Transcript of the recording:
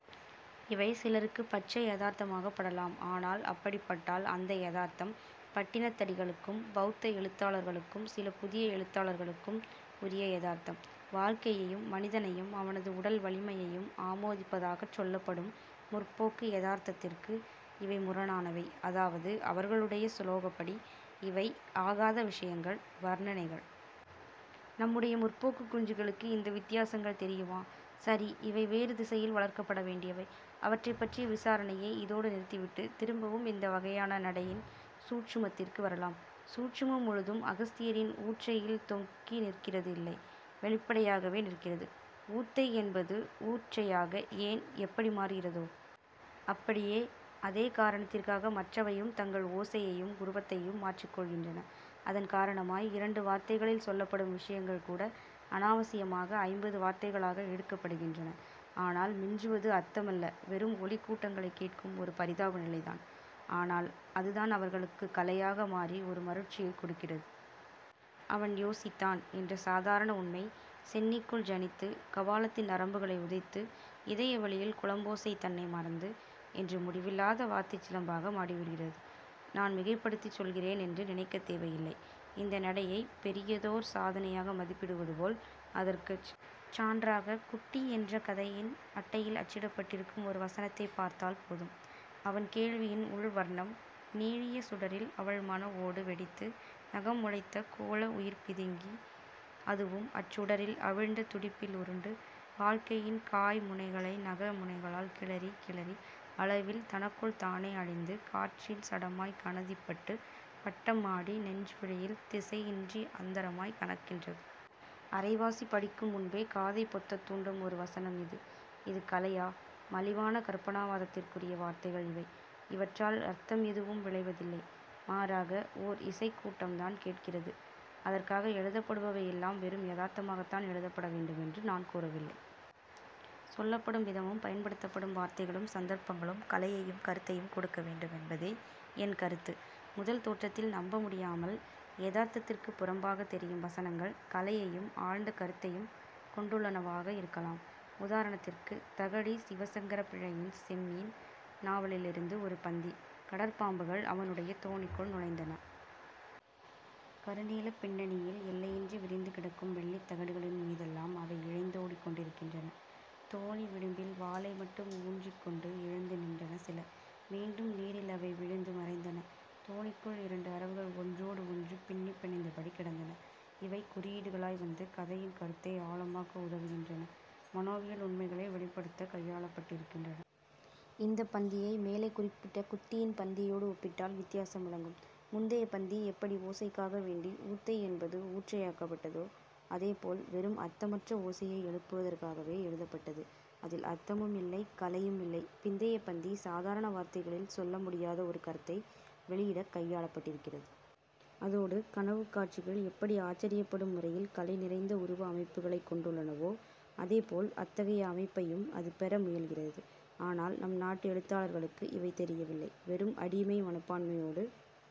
இவை சிலருக்குப் பச்சை யதார்த்தமாகப் படலாம். ஆனால் அப்படிப் பட்டால், அந்த யதார்த்தம் பட்டினத்தடிகளுக்கும் பௌத்த எழுத்தாளர்களுக்கும் சில புதிய எழுத்தாளர்களுக்கும் உரிய யதார்த்தம். வாழ்க்கையையும் மனிதனையும் அவனது உடல் வலிமையையும் ஆமோதிப்பதாகச் சொல்லப்படும் 'முற்போக்கு' யதார்த்தத்திற்கு இவை முரணானவை. அதாவது அவர்களுடைய சுலோகப்படி இவை ஆகாத விஷயங்கள், வர்ணனைகள். நம்முடைய முற்போக்குக் குஞ்சுகளுக்கு இந்த வித்தியாசங்கள் தெரியுமா? சரி, இவை வேறு திசையில் வளர்க்கப்பட வேண்டியவை. அவற்றைப் பற்றிய விசாரணையை இதோடு நிறுத்திவிட்டு, திரும்பவும் இந்த வகையான நடையின் 'சூட்சுமத்திற்கு' வரலாம். 'சூட்சுமம்' முழுதும் அகஸ்தியரின் 'ஊற்றை'யில் தொக்கி நிற்கிறது இல்லை, வெளிப்படையாகவே நிற்கிறது. 'ஊத்தை' என்பது 'ஊற்றை'யாக ஏன், எப்படி மாறுகிறதோ... அப்படியே, அதே காரணத்திற்காக மற்றவையும் தங்கள் ஓசையையும் உருவத்தையும் மாற்றிக்கொள்கின்றன. அதன் காரணமாய் இரண்டு வார்த்தைகளில் சொல்லப்படும் விஷயங்கள்கூட அனாவசியமாக ஐம்பது வார்த்தைகளாக இழுக்கப்படுகின்றன. ஆனால் மிஞ்சுவது அர்த்தமல்ல வெறும் ஒலிக் கூட்டங்களைக் கேட்கும் ஒரு பரிதாப நிலைதான். ஆனால் அதுதான் இவர்களுக்குக் கலையாக மாறி ஒரு மருட்சியைக் கொடுக்கிறது. 'அவன் யோசித்தான்' என்ற சாதாரண உண்மை, சென்னிக்குள் ஜனித்து, கபாலத்தின் நரம்புகளை உதைத்து, இதய வெளியில் குளம்போசை தன்னை மறந்து. என்று முடிவில்லாத வார்த்தைச் சிலம்பாக மாறிவிடுகிறது. நான் மிகைப்படுத்திச் சொல்கிறேன் என்று நினைக்கத் தேவையில்லை. இந்த நடையைப் பெரியதோர் சாதனையாக மதிப்பிடுவது போல், அதற்குச் சான்றாக 'குட்டி' என்ற கதையின் அட்டையில் அச்சிடப்பட்டிருக்கும் ஒரு வசனத்தைப் பார்த்தால் போதும்: அவன் கேள்வியின் உள் வர்ணம் நீளிய சுடரில் அவள் மன ஓடு வெடித்து, நகம் முளைத்த கோள உயிர் பிதுங்கி, அதுவும் அச்சுடரில் அவிந்த துடிப்பில் உருண்டு, வாழ்க்கையின் காய் முனைகளை நக முனைகளால் கிளறி, கிளறி அளவில் தனக்குள் தானே அழிந்து, காற்றின் சடமாய்க் கணதிப்பட்டு, பட்டம் ஆடி நெஞ்சு வெளியில் திசையின்றி அந்தரமாய்க் கனக்கின்றது. அரைவாசி படிக்கும் முன்பே காதைப் பொத்தத் தூண்டும் ஒரு வசனம் இது. இது கலையா? மலிவான கற்பனாவாதத்திற்குரிய வார்த்தைகள் இவை. இவற்றால் அர்த்தம் எதுவும் விளைவதில்லை. மாறாக, ஓர் இசைக் கூட்டம்தான் கேட்கிறது. அதற்காக எழுதப்படுபவை எல்லாம் வெறும் 'யதார்த்தமாகத்தான்' எழுதப்பட வேண்டும் என்று நான் கூறவில்லை. சொல்லப்படும் விதமும், பயன்படுத்தப்படும் வார்த்தைகளும், சந்தர்ப்பங்களும் கலையையும் கருத்தையும் கொடுக்க வேண்டும் என்பதே என் கருத்து. முதல் தோற்றத்தில் நம்ப முடியாமல் யதார்த்தத்திற்குப் புறம்பாகத் தெரியும் வசனங்கள், கலையையும் ஆழ்ந்த கருத்தையும் கொண்டுள்ளனவாக இருக்கலாம். உதாரணத்திற்குத் தகழி சிவசங்கரப் பிள்ளையின் 'செம்மீன்' நாவலிலிருந்து ஒரு பந்தி: கடற்பாம்புகள் அவனுடைய தோணிக்குள் நுழைந்தன. கருநீலப் பின்னணியில் எல்லையின்றி விரிந்து கிடக்கும் வெள்ளித் தகடுகளின் மீதெல்லாம் அவை இழைந்தோடிக்கொண்டிருந்தன. தோணி விளிம்பில் வாலை மட்டும் ஊன்றிக்கொண்டு எழுந்து நின்றன சில. மீண்டும் நீரில் அவை விழுந்து மறைந்தன. தோணிக்குள் இரண்டு அரவுகள் ஒன்றோடு ஒன்று பின்னிப் பிணைந்தபடி கிடந்தன. இவை குறியீடுகளாய் வந்து கதையின் கருத்தை ஆழமாக்க உதவுகின்றன மனோவியல் உண்மைகளை வெளிப்படுத்தக் கையாளப்பட்டிருக்கின்றன. இந்தப் பந்தியை மேலே குறிப்பிட்ட 'குட்டி'யின் பந்தியோடு ஒப்பிட்டால் வித்தியாசம் விளங்கும். முந்தைய பந்தி, எப்படி ஓசைக்காக வேண்டி 'ஊத்தை' என்பது 'ஊற்றை'யாக்கப்பட்டதோ, அதே போல் வெறும் அர்த்தமற்ற ஓசையை எழுப்புவதற்காகவே எழுதப்பட்டது. அதில் அர்த்தமும் இல்லை, கலையும் இல்லை. பிந்தைய பந்தி சாதாரண வார்த்தைகளில் சொல்ல முடியாத ஒரு கருத்தை வெளியிடக் கையாளப்பட்டிருக்கிறது. அதோடு கனவுக் காட்சிகள் எப்படி ஆச்சரியப்படும் முறையில் கலை நிறைந்த உருவ அமைப்புகளைக் கொண்டுள்ளனவோ, அதே போல் அத்தகைய அமைப்பையும் அது பெற முயல்கிறது. ஆனால் நம் நாட்டு எழுத்தாளர்களுக்கு இவை தெரியவில்லை வெறும் அடிமை மனப்பான்மையோடு